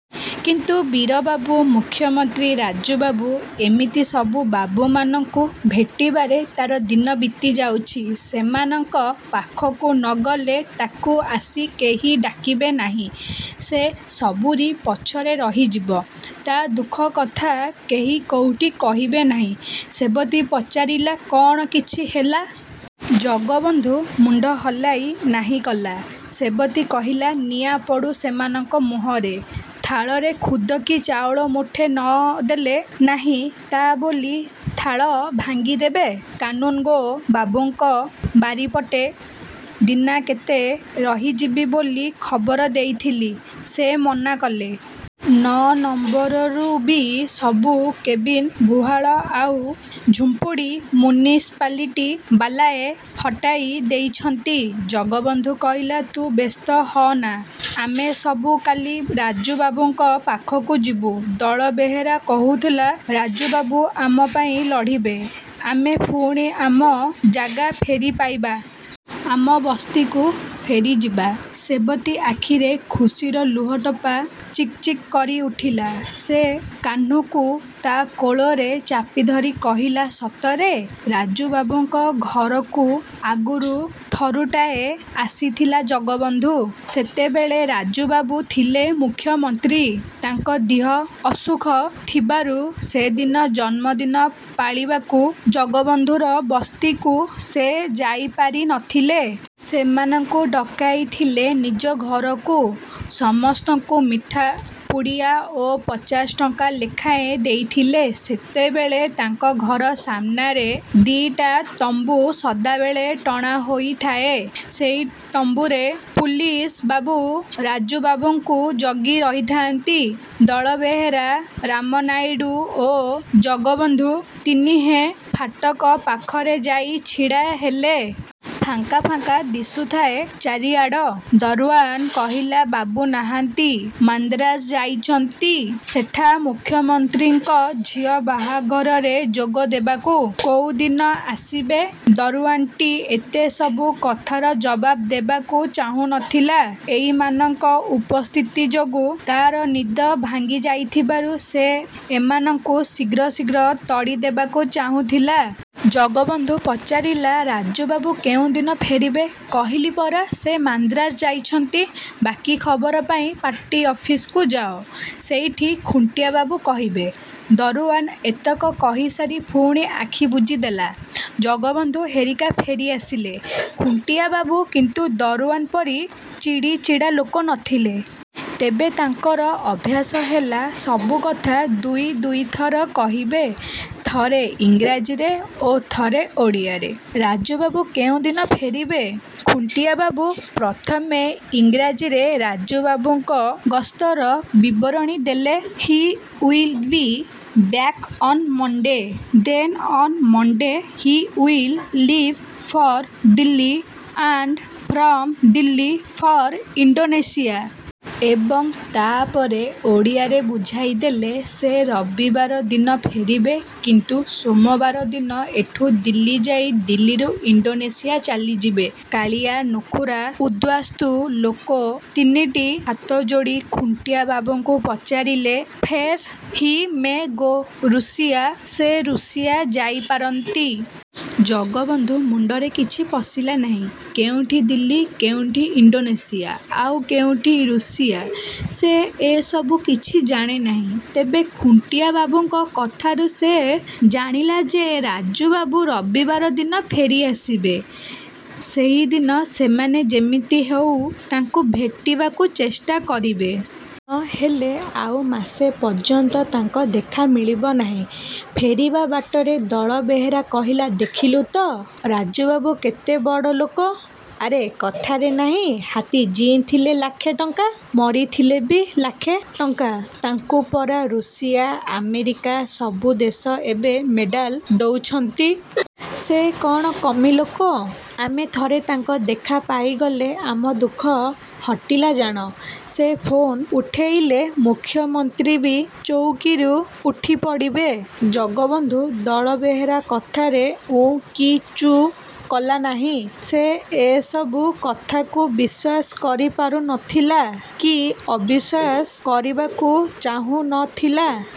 କିନ୍ତୁ ବୀରବାବୁ, ମୁଖ୍ୟମନ୍ତ୍ରୀ, ରାଜୁବାବୁ ଏମିତି ସବୁ ବାବୁମାନଙ୍କୁ ଭେଟିବାରେ ତାର ଦିନ ବିତିଯାଉଛି। ସେମାନଙ୍କ ପାଖକୁ ନଗଲେ ତାକୁ ଆସି କେହି ଡାକିବେ ନାହିଁ। ସେ ସବୁରି ପଛରେ ରହିଯିବ। ତା ଦୁଃଖକଥା କେହି କୋଉଠି କହିବେ ନାହିଁ। ସେବତୀ ପଚାରିଲା, "କଣ କିଛି ହେଲା?" ଜଗବନ୍ଧୁ ମୁଣ୍ଡ ହଲେଇ ନାହିଁ କଲା। ସେବତୀ କହିଲା, "ନିଆଁ ପଡୁ ସେମାନଙ୍କ ମୁହଁରେ। ଥାଳରେ ଖୁଦ କି ଚାଉଳ ମୁଠେ ନଦେଲେ ନାହିଁ, ତା ବୋଲି ଥାଳ ଭାଙ୍ଗିଦେବେ? କାନୁନ୍‌ଗୋ ବାବୁଙ୍କ ବାଡ଼ିପଟେ ଦିନାକେତେ ରହିଯିବି ବୋଲି ଖବର ଦେଇଥିଲି। ସେ ମନା କଲେ। ନଅ ନମ୍ବରରୁ ବି ସବୁ କେବିନ୍, ଗୁହାଳ ଆଉ ଝୁମ୍ପୁଡ଼ି ମ୍ୟୁନିସିପାଲିଟି ବାଲାଏ ହଟେଇ ଦେଇଛନ୍ତି।" ଜଗବନ୍ଧୁ କହିଲା, "ତୁ ବ୍ୟସ୍ତ ହଅନା। ଆମେ ସବୁ କାଲି ରାଜୁବାବୁଙ୍କ ପାଖକୁ ଯିବୁ। ଦଳବେହେରା କହୁଥିଲା ରାଜୁବାବୁ ଆମ ପାଇଁ ଲଢ଼ିବେ। ଆମେ ପୁଣି ଆମ ଜାଗା ଫେରି ପାଇବା। ଆମ ବସ୍ତିକୁ ଫେରିଯିବା।" ସେବତୀ ଆଖିରେ ଖୁସିର ଲୁହଟୋପା ଚିକ୍ ଚିକ୍ କରିଉଠିଲା। ସେ କାହ୍ନୁକୁ ତା କୋଳରେ ଚାପିଧରି କହିଲା, "ସତରେ!" ରାଜୁବାବୁଙ୍କ ଘରକୁ ଆଗରୁ ଥରୁଟାଏ ଆସିଥିଲା ଜଗବନ୍ଧୁ। ସେତେବେଳେ ରାଜୁବାବୁ ଥିଲେ ମୁଖ୍ୟମନ୍ତ୍ରୀ। ତାଙ୍କ ଦିହ ଅସୁଖ ଥିବାରୁ ସେଦିନ ଜନ୍ମଦିନ ପାଳିବାକୁ ଜଗବନ୍ଧୁର ବସ୍ତିକୁ ସେ ଯାଇପାରି ନଥିଲେ। ସେମାନଙ୍କୁ ଡକେଇଥିଲେ ନିଜ ଘରକୁ। ସମସ୍ତଙ୍କୁ ମିଠା ପୁଡ଼ିଆ ଓ ପଚାଶ ଟଙ୍କା ଲେଖାଏଁ ଦେଇଥିଲେ। ସେତେବେଳେ ତାଙ୍କ ଘର ସାମ୍ନାରେ ଦିଇଟା ତମ୍ବୁ ସଦାବେଳେ ଟଣା ହୋଇଥାଏ। ସେଇ ତମ୍ବୁରେ ପୁଲିସବାବୁ ରାଜୁବାବୁଙ୍କୁ ଜଗିରହିଥାନ୍ତି। ଦଳବେହେରା, ରାମନାଇଡୁ ଓ ଜଗବନ୍ଧୁ ତିନିହେଁ ଫାଟକ ପାଖରେ ଯାଇ ଛିଡ଼ାହେଲେ। ଫାଙ୍କା ଫାଙ୍କା ଦିଶୁଥାଏ ଚାରିଆଡ଼। ଦରୱାନ କହିଲା, "ବାବୁ ନାହାନ୍ତି। ମାନ୍ଦ୍ରାଜ ଯାଇଛନ୍ତି, ସେଠା ମୁଖ୍ୟମନ୍ତ୍ରୀଙ୍କ ଝିଅ ବାହାଘରରେ ଯୋଗ ଦେବାକୁ।" "କୋଉଦିନ ଆସିବେ?" ଦରୱାନଟି ଏତେ ସବୁ କଥାର ଜବାବ ଦେବାକୁ ଚାହୁଁ ନଥିଲା। ଏଇମାନଙ୍କ ଉପସ୍ଥିତି ଯୋଗୁ ତାର ନିଦ ଭାଙ୍ଗିଯାଇଥିବାରୁ ସେ ଏମାନଙ୍କୁ ଶୀଘ୍ର ଶୀଘ୍ର ତଡ଼ିଦେବାକୁ ଚାହୁଁଥିଲା। ଜଗବନ୍ଧୁ ପଚାରିଲା, "ରାଜୁବାବୁ କୋଉଦିନ ଫେରିବେ?" "କହିଲି ପରା ସେ ମାନ୍ଦ୍ରାଜ ଯାଇଛନ୍ତି। ବାକି ଖବର ପାଇଁ ପାର୍ଟି ଅଫିସ୍‌କୁ ଯାଅ। ସେଇଠି ଖୁଣ୍ଟିଆବାବୁ କହିବେ।" ଦରୱାନ ଏତକ କହିସାରି ପୁଣି ଆଖି ବୁଜିଦେଲା। ଜଗବନ୍ଧୁହେରିକା ଫେରିଆସିଲେ। ଖୁଣ୍ଟିଆବାବୁ କିନ୍ତୁ ଦରୱାନ ପରି ଚିଡ଼ିଚିଡ଼ା ଲୋକ ନଥିଲେ। ତେବେ ତାଙ୍କର ଅଭ୍ୟାସ ହେଲା ସବୁକଥା ଦୁଇ ଦୁଇଥର କହିବେ। ଥରେ ଇଂରାଜୀରେ ଓ ଥରେ ଓଡ଼ିଆରେ। "ରାଜୁବାବୁ କୋଉଦିନ ଫେରିବେ?" ଖୁଣ୍ଟିଆବାବୁ ପ୍ରଥମେ ଇଂରାଜୀରେ ରାଜୁବାବୁଙ୍କ ଗସ୍ତର ବିବରଣୀ ଦେଲେ, "he will be back on Monday. Then on Monday he will leave for Delhi and from Delhi for Indonesia." ଏବଂ ତାପରେ ଓଡ଼ିଆରେ ବୁଝେଇଦେଲେ 'ସେ ରବିବାର ଦିନ ଫେରିବେ। କିନ୍ତୁ ସୋମବାର ଦିନ ଏଠୁ ଦିଲ୍ଲୀ ଯାଇ ଦିଲ୍ଲୀରୁ ଇଣ୍ଡୋନେସିଆ ଚାଲିଯିବେ।' କାଳିଆ, ନୁଖୁରା ଉଦ୍ବାସ୍ତୁ ଲୋକ ତିନିଟି ହାତଯୋଡ଼ି ଖୁଣ୍ଟିଆବାବୁଙ୍କୁ ପଚାରିଲେ, "ଫେର୍?" "He may go Russia. ସେ ରୁଷିଆ ଯାଇପାରନ୍ତି।" ଜଗବନ୍ଧୁ ମୁଣ୍ଡରେ କିଛି ପଶିଲା ନାହିଁ। କୋଉଠି ଦିଲ୍ଲୀ, କୋଉଠି ଇଣ୍ଡୋନେସିଆ, ଆଉ କୋଉଠି ରୁଷିଆସେ ଏସବୁ କିଛି ଜାଣେ ନାହିଁ। ତେବେ ଖୁଣ୍ଟିଆବାବୁଙ୍କ କଥାରୁ ସେ ଜାଣିଲା ଯେ ରାଜୁବାବୁ ରବିବାର ଦିନ ଫେରି ଆସିବେ। ସେହିଦିନ ସେମାନେ ଯେମିତି ହେଉ ତାଙ୍କୁ ଭେଟିବାକୁ ଚେଷ୍ଟା କରିବେ। ନ ହେଲେ ଆଉ ମାସେ ପର୍ଯ୍ୟନ୍ତ ତାଙ୍କ ଦେଖା ମିଳିବ ନାହିଁ। ଫେରିବା ବାଟରେ ଦଳବେହେରା କହିଲା, "ଦେଖିଲୁ ତ, ରାଜୁବାବୁ କେତେ ବଡ଼ ଲୋକ। ଆରେ କଥାରେ ନାହିଁ, ହାତୀ ଜିଇଁଥିଲେ ଲାଖେ ଟଙ୍କା, ମରିଥିଲେ ବି ଲାଖେ ଟଙ୍କା। ତାଙ୍କୁ ପରା ରୁଷିଆ, ଆମେରିକା ସବୁ ଦେଶ ଏବେ ମେଡାଲ ଦଉଛନ୍ତି। ସେ କଣ କମି ଲୋକ? ଆମେ ଥରେ ତାଙ୍କ ଦେଖା ପାଇଗଲେ ଆମ ଦୁଃଖ ହଟିଲା ଜାଣ। ସେ ଫୋନ୍ ଉଠେଇଲେ ମୁଖ୍ୟମନ୍ତ୍ରୀ ବି ଚଉକୀରୁ ଉଠିପଡ଼ିବେ।" ଜଗବନ୍ଧୁ ଦଳବେହେରା କଥାରେ ଉଁ କି ଚୁଁ କଲା ନାହିଁ। ସେ ଏସବୁ କଥାକୁ ବିଶ୍ୱାସ କରିପାରୁ ନଥିଲା କି ଅବିଶ୍ୱାସ କରିବାକୁ ଚାହୁଁ ନ ଥିଲା।